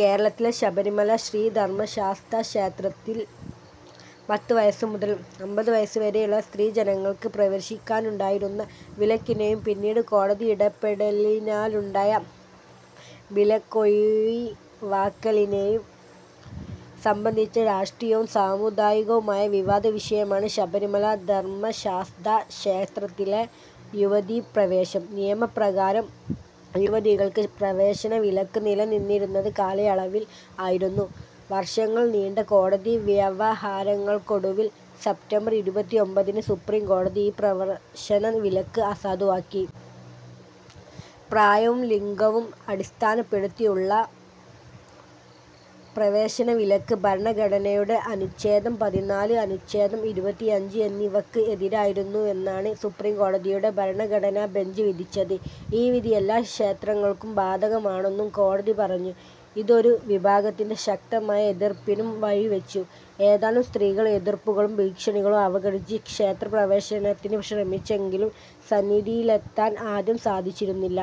കേരളത്തിലെ ശബരിമല ശ്രീ ധർമ്മശാസ്താക്ഷേത്രത്തിൽ പത്ത് വയസ് മുതൽ അമ്പത് വയസ് വരെയുള്ള സ്ത്രീജനങ്ങൾക്ക് പ്രവേശിക്കാനുണ്ടായിരുന്ന വിലക്കിനേയും പിന്നീട് കോടതി ഇടപെടലിനാലുണ്ടായ വിലക്കൊഴിവാക്കലിനേയും സംബന്ധിച്ച രാഷ്ട്രീയവും സാമുദായികവുമായ വിവാദ വിഷയമാണ് ശബരിമല ധർമ്മശാസ്താ ക്ഷേത്രത്തിലെ യുവതീപ്രവേശം. നിയമപ്രകാരം യുവതികൾക്ക് പ്രവേശനവിലക്ക് നിലനിന്നിരുന്നത് കാലയളവിൽ ആയിരുന്നു. വർഷങ്ങൾ നീണ്ട കോടതി വ്യവഹാരങ്ങൾക്കൊടുവിൽ സെപ്റ്റംബർ ഇരുപത്തിഒമ്പതിന് സുപ്രീം കോടതി ഈ പ്രവേശനവിലക്ക് അസാധുവാക്കി. പ്രായവും ലിംഗവും അടിസ്ഥാനപ്പെടുത്തി ഉള്ള പ്രവേശനവിലക്ക് ഭരണഘടനയുടെ അനുച്ഛേദം പതിനാല്, അനുച്ഛേദം ഇരുപത്തിയഞ്ച് എന്നിവക്ക് എതിരായിരുന്നുവെന്നാണ് സുപ്രീം കോടതിയുടെ ഭരണഘടനാബെഞ്ച് വിധിച്ചത്. ഈ വിധി എല്ലാ ക്ഷേത്രങ്ങൾക്കും ബാധകമാണെന്നും കോടതി പറഞ്ഞു. ഇത് ഒരു വിഭാഗത്തിന്റെ ശക്തമായ എതിർപ്പിനും വഴിവെച്ചു. ഏതാനും സ്ത്രീകൾ എതിർപ്പുകളും ഭീഷണികളും അവഗണിച്ച് ക്ഷേത്രപ്രവേശനത്തിന് ശ്രമിച്ചെങ്കിലും സന്നിധിയിലെത്താൻ ആദ്യം സാധിച്ചിരുന്നില്ല.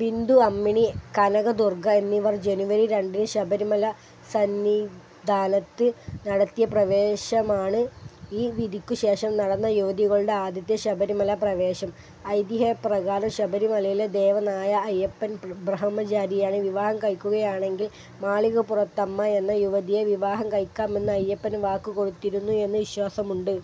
ബിന്ദു അമ്മിണി, കനകദുർഗ എന്നിവർ ജനുവരി രണ്ടിന് ശബരിമല സന്നിധാനത്ത് നടത്തിയ പ്രവേശമാണ്, ഈ വിധിക്കുശേഷം നടന്ന യുവതികളുടെ ആദ്യത്തെ ശബരിമലപ്രവേശം. ഐതിഹ്യപ്രകാരം ശബരിമലയിലെ ദേവനായ അയ്യപ്പൻ, ബ്രഹ്മചാരിയാണ്. വിവാഹം കഴിക്കുകയാണെങ്കിൽ മാളികപ്പുറത്തമ്മ എന്ന യുവതിയെ വിവാഹം കഴിക്കാമെന്ന് അയ്യപ്പൻ വാക്ക് കൊടുത്തിരുന്നു എന്ന് വിശ്വാസമുണ്ട്.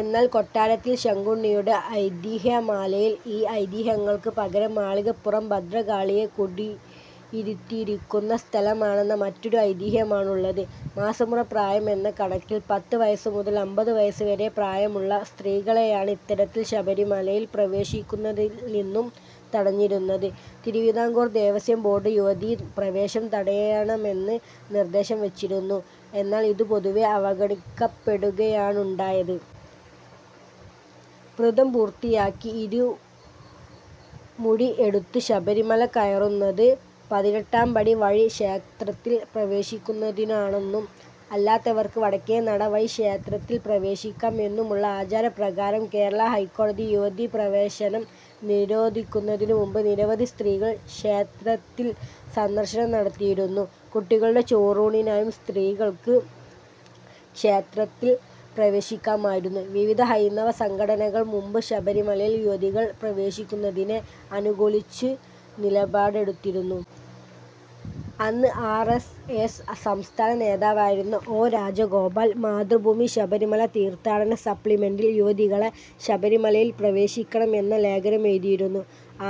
എന്നാൽ കൊട്ടാരത്തിൽ ശങ്കുണ്ണിയുടെ ഐതിഹ്യമാലയിൽ ഈ ഐതിഹ്യങ്ങൾക്ക് പകരം, മാളികപ്പുറം ഭദ്രകാളിയെ കുടിയിരുത്തിയിരിക്കുന്ന സ്ഥലമാണെന്ന മറ്റൊരു ഐതിഹ്യമാണുള്ളത്. മാസമുറ പ്രായം എന്ന കണക്കിൽ പത്ത് വയസ് മുതൽ അമ്പത് വയസ് വരെ പ്രായമുള്ള സ്ത്രീകളെയാണ് ഇത്തരത്തിൽ ശബരിമലയിൽ പ്രവേശിക്കുന്നതിൽ നിന്നും തടഞ്ഞിരുന്നത്. തിരുവിതാംകൂർ ദേവസ്വം ബോർഡ് യുവതീ പ്രവേശം തടയണമെന്ന് നിർദ്ദേശം വെച്ചിരുന്നു, എന്നാൽ ഇത് പൊതുവേ അവഗണിക്കപ്പെടുകയാണുണ്ടായത്. വ്രതം പൂർത്തിയാക്കി ഇരുമുടി എടുത്ത് ശബരിമല കയറുന്നത് പതിനെട്ടാംപടി വഴി ക്ഷേത്രത്തിൽ പ്രവേശിക്കുന്നതിനാണെന്നും അല്ലാത്തവർക്ക് വടക്കേ നടവഴി ക്ഷേത്രത്തിൽ പ്രവേശിക്കാം എന്നുമുള്ള ആചാരപ്രകാരം, കേരള ഹൈക്കോടതി യുവതീപ്രവേശനം നിരോധിക്കുന്നതിന് മുമ്പ്, നിരവധി സ്ത്രീകൾ ക്ഷേത്രത്തിൽ സന്ദർശനം നടത്തിയിരുന്നു. കുട്ടികളുടെ ചോറൂണിനായും സ്ത്രീകൾക്ക് ക്ഷേത്രത്തിൽ പ്രവേശിക്കാമായിരുന്നു. വിവിധ ഹൈന്ദവസംഘടനകൾ മുമ്പ് ശബരിമലയിൽ യുവതികൾ പ്രവേശിക്കുന്നതിനെ അനുകൂലിച്ച് നിലപാടെടുത്തിരുന്നു. അന്ന് ആർ. എസ്. എസ്. സംസ്ഥാന നേതാവായിരുന്ന ഒ. രാജഗോപാൽ മാതൃഭൂമി ശബരിമല തീർത്ഥാടന സപ്ലിമെന്റിൽ യുവതികളെ ശബരിമലയിൽ പ്രവേശിപ്പിക്കണം എന്ന് ലേഖനമെഴുതിയിരുന്നു.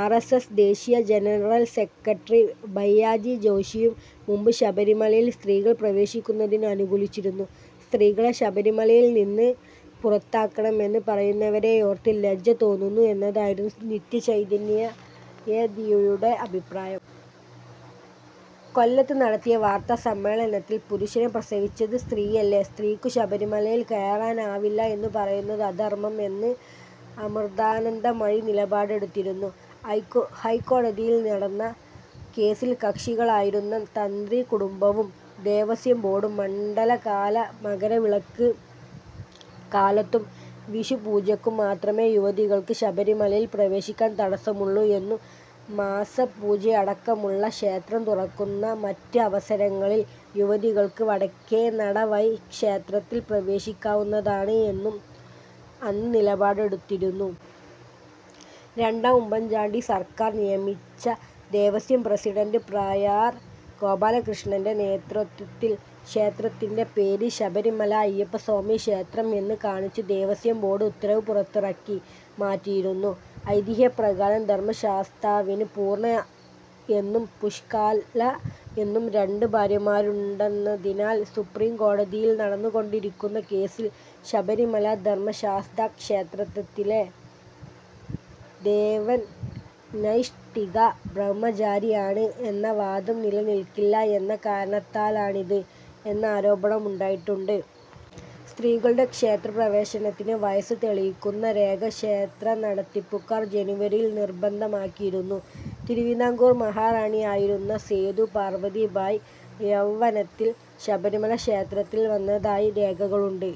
ആർ. എസ്. എസ്. ദേശീയ ജനറൽ സെക്രട്ടറി ഭയ്യാജി ജോഷിയും മുമ്പ് ശബരിമലയിൽ സ്ത്രീകൾ പ്രവേശിക്കുന്നതിന് അനുകൂലിച്ചിരുന്നു. 'സ്ത്രീകളെ ശബരിമലയിൽ നിന്ന് പുറത്താക്കണമെന്ന് പറയുന്നവരെയോർത്ത് ലജ്ജ തോന്നുന്നു' എന്നായിരുന്നു നിത്യചൈതന്യയെതിയുടെ അഭിപ്രായം. കൊല്ലത്ത് നടത്തിയ വാർത്താസമ്മേളനത്തിൽ 'പുരുഷനെ പ്രസവിച്ചത് സ്ത്രീയല്ലേ, സ്ത്രീക്കു ശബരിമലയിൽ കയറാനാവില്ല എന്നു പറയുന്നത് അധർമ്മം' എന്ന് അമൃതാനന്ദമയി നിലപാടെടുത്തിരുന്നു. ഹൈക്കോടതിയിൽ നടന്ന കേസിൽ കക്ഷികളായിരുന്ന തന്ത്രികുടുംബവും ദേവസ്വം ബോർഡും മണ്ഡലകാല മകരവിളക്ക് കാലത്തും വിഷുപൂജയ്ക്കും മാത്രമേ യുവതികൾക്ക് ശബരിമലയിൽ പ്രവേശിക്കാൻ തടസ്സമുള്ളു എന്നും മാസപൂജയടക്കമുള്ള, ക്ഷേത്രം തുറക്കുന്ന, മറ്റ് അവസരങ്ങളിൽ യുവതികൾക്ക് വടക്കേനട വഴി ക്ഷേത്രത്തിൽ പ്രവേശിക്കാവുന്നതാണ് എന്നും അന്ന് നിലപാടെടുത്തിരുന്നു. രണ്ടാം ഉമ്മൻ ചാണ്ടി സർക്കാർ നിയമിച്ച ദേവസ്വം പ്രസിഡന്റ് പ്രയാർ ഗോപാലകൃഷ്ണന്റെ നേതൃത്വത്തിൽ ക്ഷേത്രത്തിന്റെ പേര് ശബരിമല അയ്യപ്പസ്വാമി ക്ഷേത്രം എന്ന് കാണിച്ച് ദേവസ്വം ബോർഡ് ഉത്തരവ് പുറത്തിറക്കി മാറ്റിയിരുന്നു. ഐതിഹ്യപ്രകാരം ധർമ്മശാസ്താവിന് പൂർണ്ണ എന്നും പുഷ്കല എന്നും രണ്ട് ഭാര്യമാരുണ്ടെന്നതിനാൽ, സുപ്രീം കോടതിയിൽ നടന്നുകൊണ്ടിരിക്കുന്ന കേസിൽ, ശബരിമല ധർമ്മശാസ്താക്ഷേത്രത്തിലെ ദേവൻ നൈഷ്ഠിക ബ്രഹ്മചാരി ആണ് എന്ന വാദം നിലനിൽക്കില്ല എന്ന കാരണത്താലാണിത് എന്നാരോപണമുണ്ടായിട്ടുണ്ട്. സ്ത്രീകളുടെ ക്ഷേത്രപ്രവേശനത്തിന് വയസ്സ് തെളിയിക്കുന്ന രേഖ ക്ഷേത്രനടത്തിപ്പുകാർ ജനുവരിയിൽ നിർബന്ധമാക്കിയിരുന്നു. തിരുവിതാംകൂർ മഹാറാണിയായിരുന്ന സേതു പാർവ്വതി ബായ്, യൗവനത്തിൽ ശബരിമല ക്ഷേത്രത്തിൽ വന്നതായി രേഖകളുണ്ട്.